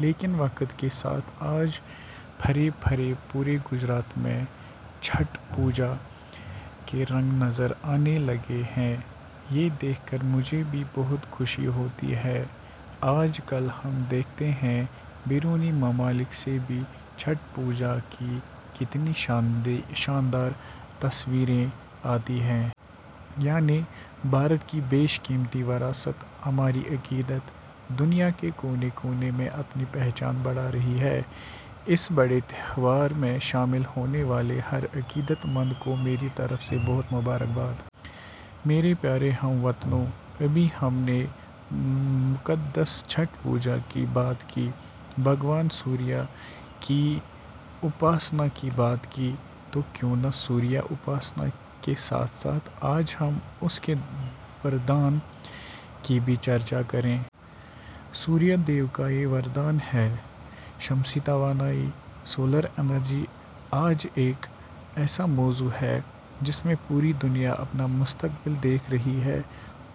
لیکن وقت کے ساتھ آج قریب قریب پورے گجرات میں چھٹھ پوجا کے رنگ نظر آنے لگے ہیں۔ یہ دیکھ کر مجھے بھی بہت خوشی ہوتی ہے۔ آج کل ہم دیکھتے ہیں، بیرونی ممالک سے بھی چھٹھ پوجا کی کتنی شاندار تصویریں آتی ہیں۔ یعنی بھارت کی بیش قیمتی وراثت، ہماری عقیدت، دنیا کے کونے کونے میں اپنی پہچان بڑھا رہی ہے۔ اس بڑے تہوار میں شامل ہونے والے ہر عقیدت مند کو میری طرف سے بہت بہت مبارکباد۔ میرے پیارے ہم وطنو، ابھی ہم نے مقدس چھٹھ پوجا کی بات کی، بھگوان سوریہ کی اُپاسنا کی بات کی۔ تو کیوں نہ سوریہ اُپاسنا کے ساتھ ساتھ آج ہم ان کے وردان کی بھی چرچہ کریں۔ سوریہ دیو کا یہ وردان ہے – 'شمسی توانائی'۔ سولر انرجی آج ایک ایسا موضوع ہے، جس میں پوری دنیا اپنا مستقبل دیکھ رہی ہے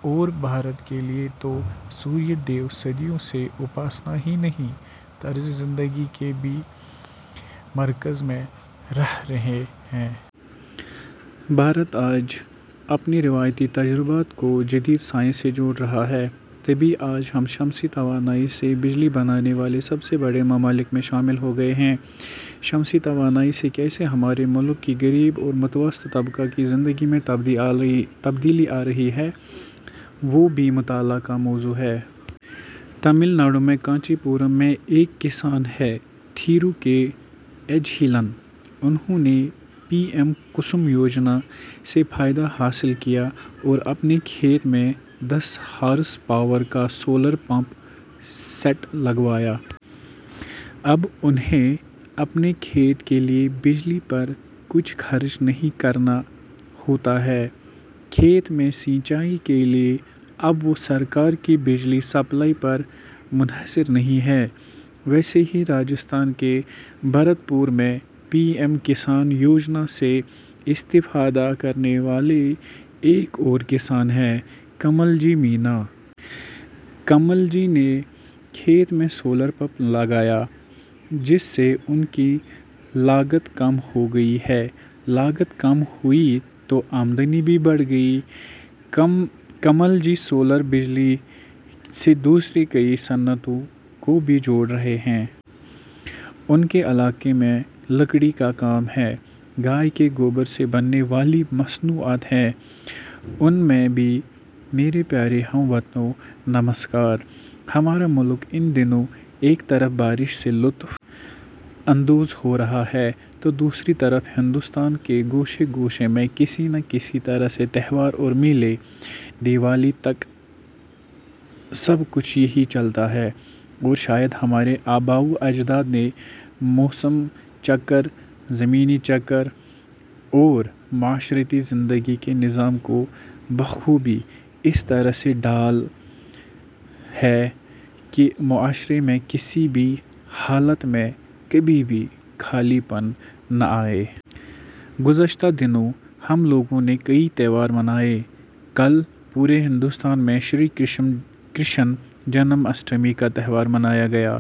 اور بھارت کے لیے تو سوریہ دیو صدیوں سے اُپاسنا ہی نہیں، طرز زندگی کے بھی مرکز میں رہ رہے ہیں۔ بھارت، آج اپنے روایتی تجربات کو جدید سائنس سے جوڑ رہا ہے، تبھی، آج ہم، شمسی توانائی سے بجلی بنانے والے سب سے بڑے ممالک میں شامل ہو گئے ہیں۔ شمسی توانائی سے کیسے ہمارے ملک کے غریب اور متوسط طبقہ کی زندگی میں تبدیلی آ رہی ہے، وہ بھی مطالعہ کا موضوع ہے۔ تمل ناڈو میں، کانچی پورم میں ایک کسان ہیں، تھیرو کے ایجھیلن۔ انہوں نے 'پی ایم کسم یوجنا' سے فائدہ حاصل کیا اور اپنے کھیت میں دس ہارس پاور کا سولر پمپ سیٹ لگوایا۔ اب انہیں اپنے کھیت کے لیے بجلی پر کچھ خرچ نہیں کرنا ہوتا ہے۔ کھیت میں سینچائی کے لیے اب وہ سرکار کی بجلی سپلائی پر منحصر نہیں ہیں۔ ویسے ہی راجستھان کے بھرت پور میں 'پی ایم کسان یوجنا' سے استفادہ کرنے والے ایک اور کسان ہیں – کمل جی مینا۔ کمل جی نے کھیت میں سولر پمپ لگایا، جس سے ان کی لاگت کم ہو گئی ہے۔ لاگت کم ہوئی تو آمدنی بھی بڑھ گئی۔ کمل جی سولر بجلی سے دوسری کئی صنعتوں کو بھی جوڑ رہے ہیں۔ ان کے علاقے میں لکڑی کا کام ہے، گائے کے گوبر سے بننے والی مصنوعات ہیں، ان میں بھی. میرے پیارے ہم وطنوں، نمسکار! ہمارا ملک ان دنوں ایک طرف بارش سے لطف اندوز ہورہا ہے ، تو دوسری طرف ، ہندوستان کے گوشے گوشے میں کسی نہ کسی طرح سے تہوار اور میلے، دیوالی تک سب کچھ یہی چلتا ہے اور شاید ہمارے آباؤ اجداد نے ، موسم چکر ، زمینی چکر اور معاشرتی زندگی کے نظام کو بخوبی اس طرح سے ڈھال ہے کہ معاشرے میں کسی بھی حالت میں، کبھی بھی خالی پن نہ آئے۔ گزشتہ دنوں ، ہم لوگوں نے کئی تہوار منائے۔ کل پورے ہندوستان میں ، شری کرشن جنم اشٹمی کا تہوار منایا گیا۔